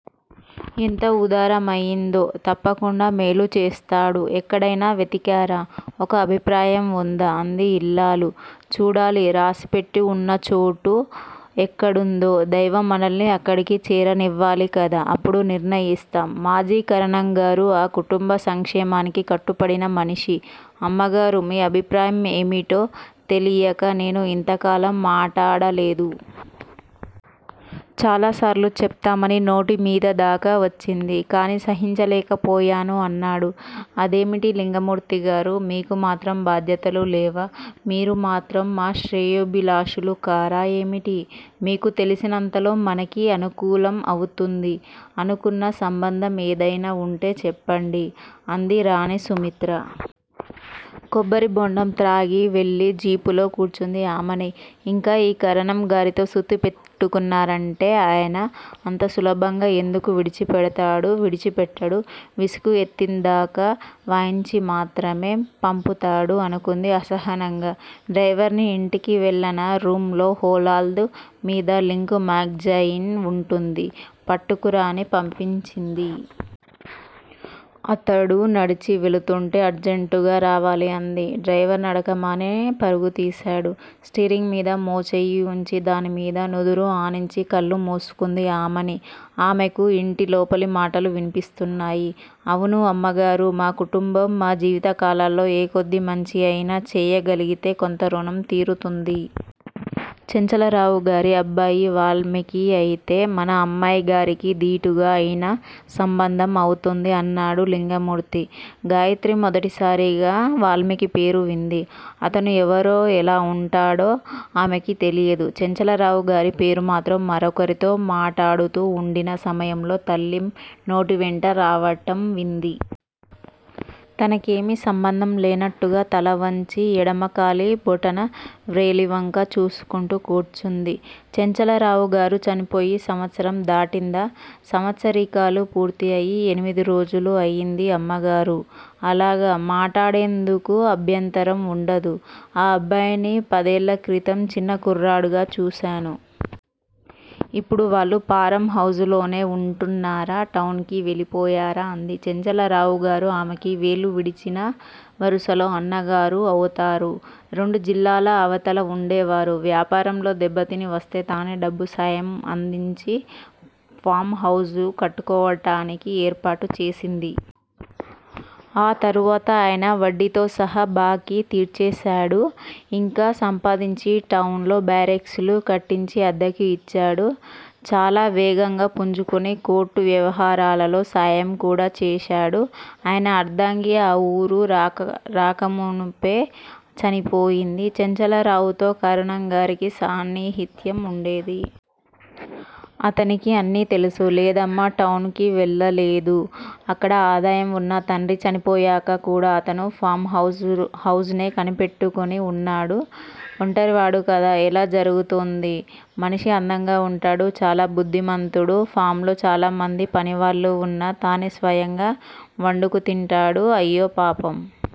ఎంత వుదారమయిందో! తప్పకుండా మేలు చేస్తాడు! ఎక్కడయినా వెతికారా? ఒక అభిప్రాయం వుందా? అంది యిల్లాలు. చూడాలి! రాసిపెట్టివున్న చోటు ఎక్కడుందో! దైవం మనల్ని అక్కడికి చేరనివ్వాలి కదా! అప్పుడు నిర్ణయిస్తాం! మాజీ కరణంగారు ఆ కుటుంబ సంక్షేమానికి కట్టుపడిన మనిషి. అమ్మగారూ! మీ అభిప్రాయం ఏమిటో తెలియక నేను ఇంతకాలం మాటాడలేదు. చాలాసార్లు చెప్తామని నోటిమీద దాకా వచ్చింది. కాని సాహసించలేకపోయాను అన్నాడు. అదేమిటి లింగమూర్తిగారూ! మీకు మాత్రం బాధ్యతలు లేవా? మీరు మాత్రం మా శ్రేయోభిలాషులు కారా ఏమిటి? మీకు తెలిసినంతలో మనకి అనుకూలం అవుతుంది. అనుకున్న సంబంధం ఏదయినా వుంటే చెప్పండి! అంది రాణి సుమిత్ర. కొబ్బరిబొండం త్రాగి వెళ్ళి జీపులో కూర్చుంది ఆమని! ఇంక ఈ కరణం గారితో సుత్తి పెట్టుకున్నారంటే ఆయన అంత సులభంగా ఎందుకు విడిచిపెడతాడు? విడిచిపెట్టడు! విసుగు ఎత్తిందాకా వాయించి మాత్రమే పంపుతాడు అనుకుంది అసహనంగా. డ్రైవర్ని ఇంటికి వెళ్ళి నా రూంలో హోలాల్ద్ మీద లింక్ మాగ్జయిన్ వుంటుంది పట్టుకురా అని పంపించింది. అతడు నడచి వెడుతుంటే అర్జంటుగా రావాలి అంది. డ్రైవర్ నడక మాని పరుగుతీశాడు. స్టీరింగ్ మీద మోచేయి వుంచి దానిమీద నుదురు ఆనించి కళ్ళు మూసుకుంది ఆమని! ఆమెకు ఇంటి లోపలి మాటలు విన్పిస్తున్నాయి. అవును అమ్మగారూ! మా కుటుంబం మా జీవితకాలాల్లో ఏ కొద్ది మంచి అయినా చేయగలిగితే కొంత రుణం తీరుతుంది. చంచలరావుగారి అబ్బాయి వాల్మీకి అయితే మన అమ్మాయిగారికి దీటు అయిన సంబంధం అవుతుంది అన్నాడు లింగమూర్తి. గాయత్రి మొదటిసారిగా వాల్మీకి పేరు వింది. అతను ఎవరో ఎలా వుంటాడో ఆమెకు తెలియదు. చంచలరావుగారి పేరు మాత్రం మరొకరితో మాటాడుతూ వుండిన సమయంలో తల్లి నోటివెంట రావటం వింది. తనకేమీ సంబంధం లేనట్టుగా తల వంచి ఎడమ కాలి బొటన వ్రేలివంక చూచుకుంటూ కూర్చుంది. చంచలరావుగారు చనిపోయి సంవత్సరం దాటిందా? సంవత్సరీకాలు పూర్తి అయి ఎనిమిది రోజులు అయింది అమ్మగారూ! అలాగా! మాటాడేందుకు అభ్యంతరం వుండదు. ఆ అబ్బాయిని పదేళ్ళ క్రితం చిన్న కుర్రాడుగా చూచాను. ఇప్పుడు వాళ్ళు ఫారం హౌస్ లోనే వుంటున్నారా? టౌన్ కి వెళ్ళిపోయారా? అంది. చంచలరావుగారు ఆమెకు వేలు విడిచిన వరుసలో అన్నగారు అవుతారు. రెండు జిల్లాల అవతల వుండేవారు. వ్యాపారంలో దెబ్బతిని వస్తే తానే డబ్బు సాయం అందించి ఫాం హౌస్ కట్టుకోవటానికి ఏర్పాటు చేసింది. ఆ తరువాత ఆయన వడ్డీతో సహా బాకీ తీర్చేశాడు. ఇంకా సంపాదించి టౌన్ లో బారెక్స్ లు కట్టించి అద్దెకు ఇచ్చాడు. చాలా వేగంగా పుంజుకుని కోర్టు వ్యవహారాలలో సాయం కూడా చేశాడు! ఆయన అర్ధాంగి ఆ ఊరు రాకమునుపే చనిపోయింది. చంచలరావుతో కరణంగారికి సాన్నిహిత్యం వుండేది. అతనికి అన్నీ తెలుసు. లేదమ్మా! టౌన్ కి వెళ్ళలేదు. అక్కడ ఆదాయం వున్నా తండ్రి చనిపోయాక కూడ అతడు ఫాం హౌస్ నే కనిపెట్టుకుని వున్నాడు ఒంటరివాడు కదా! ఎలా జరుగుతోంది? మనిషి అందంగా వుంటాడు. చాలా బుద్ధిమంతుడు! ఫాంలో చాలామంది పనివాళ్ళు వున్నా తనే స్వయంగా వండుకు తింటాడు అయ్యో పాపం!